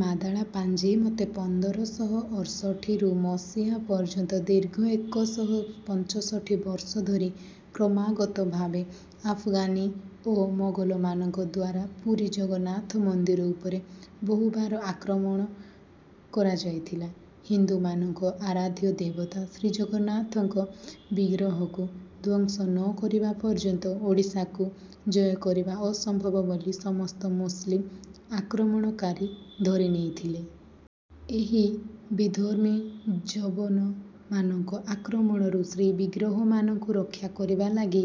ମାଦଳା ପାଞ୍ଜି ମତେ ପନ୍ଦର ଶହ ଅର୍ଷଠି ରୁ ମସିହା ପର୍ଯ୍ୟନ୍ତ ଦୀର୍ଘ ଏକ ଶହ ପଞ୍ଚଷଠି ବର୍ଷ ଧରି କ୍ରମାଗତ ଭାବେ ଆଫଗାନୀ ଓ ମୋଗଲମାନଙ୍କ ଦ୍ୱାରା ପୁରୀ ଜଗନ୍ନାଥ ମନ୍ଦିର ଉପରେ ବହୁବାର ଆକ୍ରମଣ କରାଯାଇଥିଲା। ହିନ୍ଦୁମାନଙ୍କ ଆରାଧ୍ୟ ଦେବତା ଶ୍ରୀଜଗନ୍ନାଥଙ୍କ ବିଗ୍ରହକୁ ଧ୍ୱଂସ ନ କରିବା ପର୍ଯ୍ୟନ୍ତ ଓଡ଼ିଶାକୁ ଜୟ କରିବା ଅସମ୍ଭବ ବୋଲି ସମସ୍ତ ମୁସଲିମ ଆକ୍ରମଣକାରୀ ଧରିନେଇଥିଲେ। ଏହି ବିଧର୍ମୀ ଯବନମାନଙ୍କ ଆକ୍ରମଣରୁ ଶ୍ରୀବିଗ୍ରହମାନଙ୍କୁ ରକ୍ଷା କରିବା ଲାଗି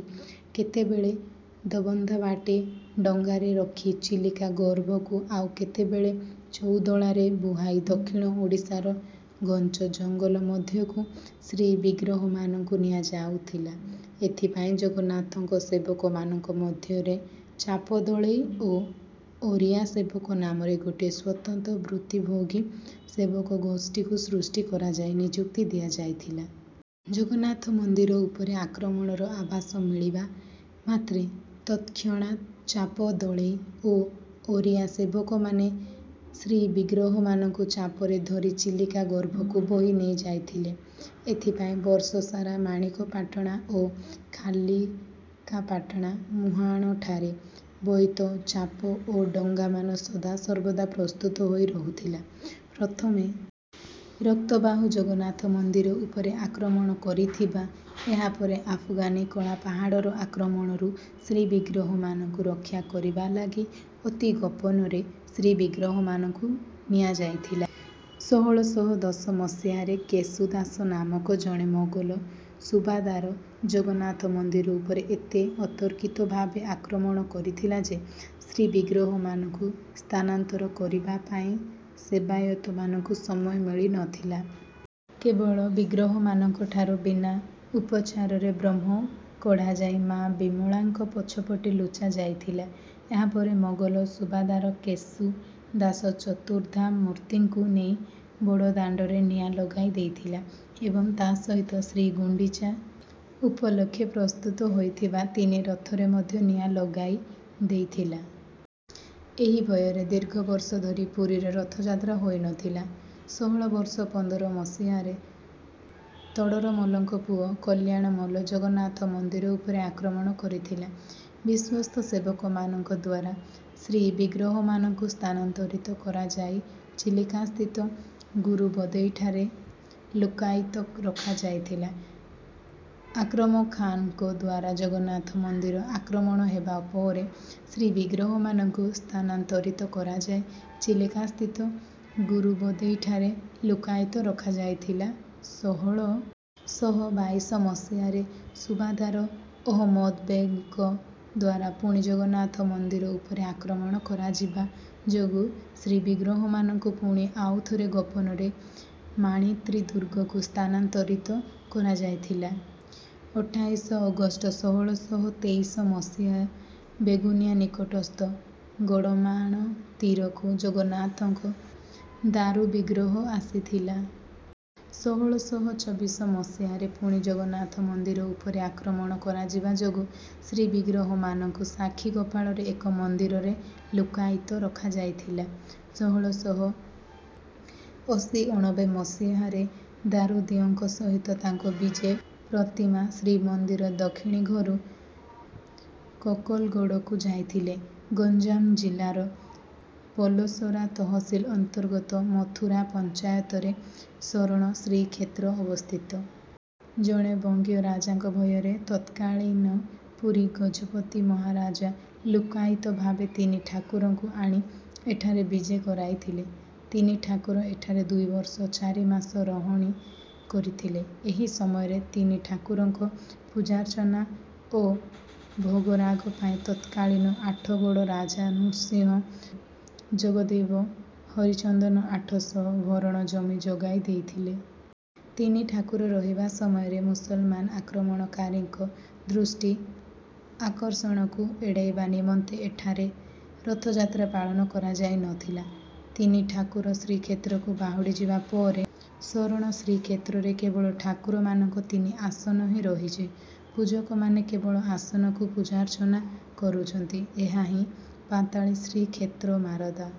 କେତେବେଳେ ଦୋବନ୍ଧା ବାଟେ ଡଙ୍ଗାରେ ରଖି ଚିଲିକା ଗର୍ଭକୁ ଆଉ କେତେବେଳେ ଚଉଦୋଳାରେ ବୁହାଇ ଦକ୍ଷିଣ ଓଡ଼ିଶାର ଘଞ୍ଚ ଜଙ୍ଗଲ ମଧ୍ୟକୁ ଶ୍ରୀବିଗ୍ରହମାନଙ୍କୁ ନିଆଯାଉଥିଲା। ଏଥିପାଇଁ ଜଗନ୍ନାଥଙ୍କ ସେବକମାନଙ୍କ ମଧ୍ୟରେ ଚାପ ଦଳେଇ ଓ ଅରିଆ ସେବକ ନାମରେ ଗୋଟିଏ ସ୍ୱତନ୍ତ୍ର ବୃତ୍ତିଭୋଗୀ ସେବକ ଗୋଷ୍ଠୀକୁ ସୃଷ୍ଟି କରାଯାଇ ନିଯୁକ୍ତି ଦିଆଯାଇଥିଲା। ଜଗନ୍ନାଥ ମନ୍ଦିର ଉପରେ ଆକ୍ରମଣର ଆଭାସ ମିଳିବା ମାତ୍ରେ ତତ୍କ୍ଷଣାତ୍ ଚାପ ଦଳେଇ ଓ ଅରିଆ ସେବକମାନେ ଶ୍ରୀବିଗ୍ରହମାନଙ୍କୁ ଚାପରେ ଧରି ଚିଲିକା ଗର୍ଭକୁ ବୋହି ନେଇଯାଉଥିଲେ। ଏଥିପାଇଁ ବର୍ଷସାରା ମାଣିକପାଟଣା ଓ ଖାଲିକାପାଟଣା ମୁହାଣଠାରେ ବୋଇତ, ଚାପ ଓ ଡଙ୍ଗାମାନ ସଦାସର୍ବଦା ପ୍ରସ୍ତୁତ ହୋଇ ରହୁଥିଲା। ପ୍ରଥମେ ରକ୍ତବାହୁ ଜଗନ୍ନାଥ ମନ୍ଦିର ଉପରେ ଆକ୍ରମଣ କରିଥିଲା। ଏହାପରେ ଆଫଗାନୀ କଳାପାହାଡ଼ର ଆକ୍ରମଣରୁ ଶ୍ରୀବିଗ୍ରହମାନଙ୍କୁ ରକ୍ଷା କରିବା ଲାଗି ଅତି ଗୋପନରେ ଶ୍ରୀବିଗ୍ରହମାନଙ୍କୁ ନିଆଯାଇଥିଲା। ସୋହଳ ଶହ ଦଶ ମସିହାରେ କେଶୁ ଦାସ ନାମକ ଜଣେ ମୋଗଲ ସୁବାଦାର ଜଗନ୍ନାଥ ମନ୍ଦିର ଉପରେ ଏତେ ଅତର୍କିତ ଭାବେ ଆକ୍ରମଣ କରିଥିଲା ଯେ ଶ୍ରୀବିଗ୍ରହମାନଙ୍କୁ ସ୍ଥାନାନ୍ତର କରିବା ପାଇଁ ସେବାୟତମାନଙ୍କୁ ସମୟ ମିଳି ନ ଥିଲା। କେବଳ ବିଗ୍ରହମାନଙ୍କଠାରୁ ବିନା ଉପଚାରରେ ବ୍ରହ୍ମ କଢ଼ାଯାଇ ମା ବିମଳାଙ୍କ ପଛପଟେ ଲୁଚାଯାଇଥିଲା। ଏହାପରେ ମୋଗଲ ସୁବାଦାର କେଶୁ ଦାସ ଚତୁର୍ଦ୍ଧା ମୂର୍ତ୍ତିଙ୍କୁ ନେଇ ବଡ଼ଦାଣ୍ଡରେ ନିଆଁ ଲଗାଇ ଦେଇଥିଲା ଏବଂ ତା ସହିତ ଶ୍ରୀଗୁଣ୍ଡିଚା ଉପଲକ୍ଷେ ପ୍ରସ୍ତୁତ ହୋଇଥିବା ତିନି ରଥରେ ମଧ୍ୟ ନିଆଁ ଲଗାଇ ଦେଇଥିଲା। ଏହି ଭୟରେ ଦୀର୍ଘବର୍ଷ ଧରି ପୁରୀରେ ରଥଯାତ୍ରା ହୋଇନଥିଲା। ସୋହଳ ଶହ ପନ୍ଦର ମସିହାରେ ତୋଡ଼ରମଲ୍ଲଙ୍କ ପୁଅ କଲ୍ୟାଣମଲ୍ଲ ଜଗନ୍ନାଥ ମନ୍ଦିର ଉପରେ ଆକ୍ରମଣ କରିଥିଲା। ବିଶ୍ୱସ୍ତ ସେବକମାନଙ୍କ ଦ୍ୱାରା ଶ୍ରୀବିଗ୍ରହମାନଙ୍କୁ ସ୍ଥାନାନ୍ତରିତ କରାଯାଇ ଚିଲିକାସ୍ଥିତ ଗୁରୁବଦେଇଠାରେ ଲୁକ୍କାୟିତ ରଖାଯାଇଥିଲା। ଆକ୍ରମ ଖାନ୍‌ଙ୍କ ଦ୍ୱାରା ଜଗନ୍ନାଥ ମନ୍ଦିର ଆକ୍ରମଣ ହେବା ପରେ ଶ୍ରୀବିଗ୍ରହମାନଙ୍କୁ ସ୍ଥାନାନ୍ତରିତ କରାଯାଇ ଚିଲିକାସ୍ଥିତ ଗୁରୁବଦେଇଠାରେ ଲୁକ୍କାୟିତ ରଖାଯାଇଥିଲା। ସୋହଳ ଶହ ବାଇଶ ମସିହାରେ ସୁବାଦାର ଅହମଦ ବେଗ୍‌ଙ୍କ ଦ୍ୱାରା ପୁଣି ଜଗନ୍ନାଥ ମନ୍ଦିର ଉପରେ ଆକ୍ରମଣ କରାଯିବା ଯୋଗୁ ଶ୍ରୀବିଗ୍ରହମାନଙ୍କୁ ପୁଣି ଆଉଥରେ ଗୋପନରେ ମାଣିତ୍ରୀ ଦୁର୍ଗକୁ ସ୍ଥାନାନ୍ତରିତ କରାଯାଇଥିଲା। ଅଠାଇଶ ଅଗଷ୍ଟ ସୋହଳ ଶହ ତେଇଶ ମସିହାରେ ବେଗୁନିଆ ନିକଟସ୍ଥ ଗଡ଼ମାଣତୀରକୁ ଜଗନ୍ନାଥଙ୍କ ଦାରୁବିଗ୍ରହ ଆସିଥିଲା। ସୋହଳ ଶହ ଚବିଶ ମସିହା ରେ ପୁଣି ଜଗନ୍ନାଥ ମନ୍ଦିର ଉପରେ ଆକ୍ରମଣ କରାଯିବା ଯୋଗୁ ଶ୍ରୀବିଗ୍ରହମାନଙ୍କୁ ସାକ୍ଷୀଗୋପାଳରେ ଏକ ମନ୍ଦିରରେ ଲୁକ୍କାୟିତ ରଖାଯାଇଥିଲା। ସୋହଳ ଶହ ଅଶୀଅଣବେ ମସିହା ରେ ଦାରୁଦିଅଁଙ୍କ ସହିତ ତାଙ୍କ ବିଜେ ପ୍ରତିମା ଶ୍ରୀମନ୍ଦିର ଦକ୍ଷିଣୀଘରୁ କୋକଲଗଡ଼କୁ ଯାଇଥିଲେ। ଗଞ୍ଜାମ ଜିଲ୍ଲାର ପୋଲସରା ତହସିଲ ଅନ୍ତର୍ଗତ ମଥୁରା ପଞ୍ଚାୟତରେ ଶରଣ ଶ୍ରୀକ୍ଷେତ୍ର ଅବସ୍ଥିତ। ଜଣେ ବଙ୍ଗୀୟ ରାଜାଙ୍କ ଭୟରେ ତତ୍କାଳୀନ ପୁରୀ ଗଜପତି ମହାରାଜା ଲୁକ୍କାୟିତ ଭାବେ ତିନି ଠାକୁରଙ୍କୁ ଆଣି ଏଠାରେ ବିଜେ କରାଇଥିଲେ। ତିନିଠାକୁର ଏଠାରେ ଦୁଇ ବର୍ଷ ଚାରି ମାସ ରହଣି କରିଥିଲେ। ଏହି ସମୟରେ ତିନି ଠାକୁରଙ୍କ ପୂଜାର୍ଚ୍ଚନା ଓ ଭୋଗରାଗ ପାଇଁ ତତ୍କାଳୀନ ଆଠଗଡ଼ ରାଜା ନୃସିଂହ ଜଗଦ୍ଦେବ ହରିଚନ୍ଦନ ଆଠ ଶହ ଭରଣ ଜମି ଯୋଗାଇ ଦେଇଥିଲେ। ତିନି ଠାକୁର ରହିବା ସମୟରେ ମୁସଲମାନ ଆକ୍ରମଣକାରୀଙ୍କ ଦୃଷ୍ଟି ଆକର୍ଷଣକୁ ଏଡ଼ାଇବା ନିମନ୍ତେ ଏଠାରେ ରଥଯାତ୍ରା ପାଳନ କରାଯାଇ ନଥିଲା। ତିନି ଠାକୁର ଶ୍ରୀକ୍ଷେତ୍ରକୁ ବାହୁଡ଼ିଯିବା ପରେ ଶରଣ ଶ୍ରୀକ୍ଷେତ୍ରରେ କେବଳ ଠାକୁରମାନଙ୍କ ତିନି ଆସନ ହିଁ ରହିଛି। ପୂଜକମାନେ କେବଳ ଆସନକୁ ପୂଜାର୍ଚ୍ଚନା କରୁଛନ୍ତି। ଏହାହିଁ ପାତାଳି ଶ୍ରୀକ୍ଷେତ୍ର ମାରଦା।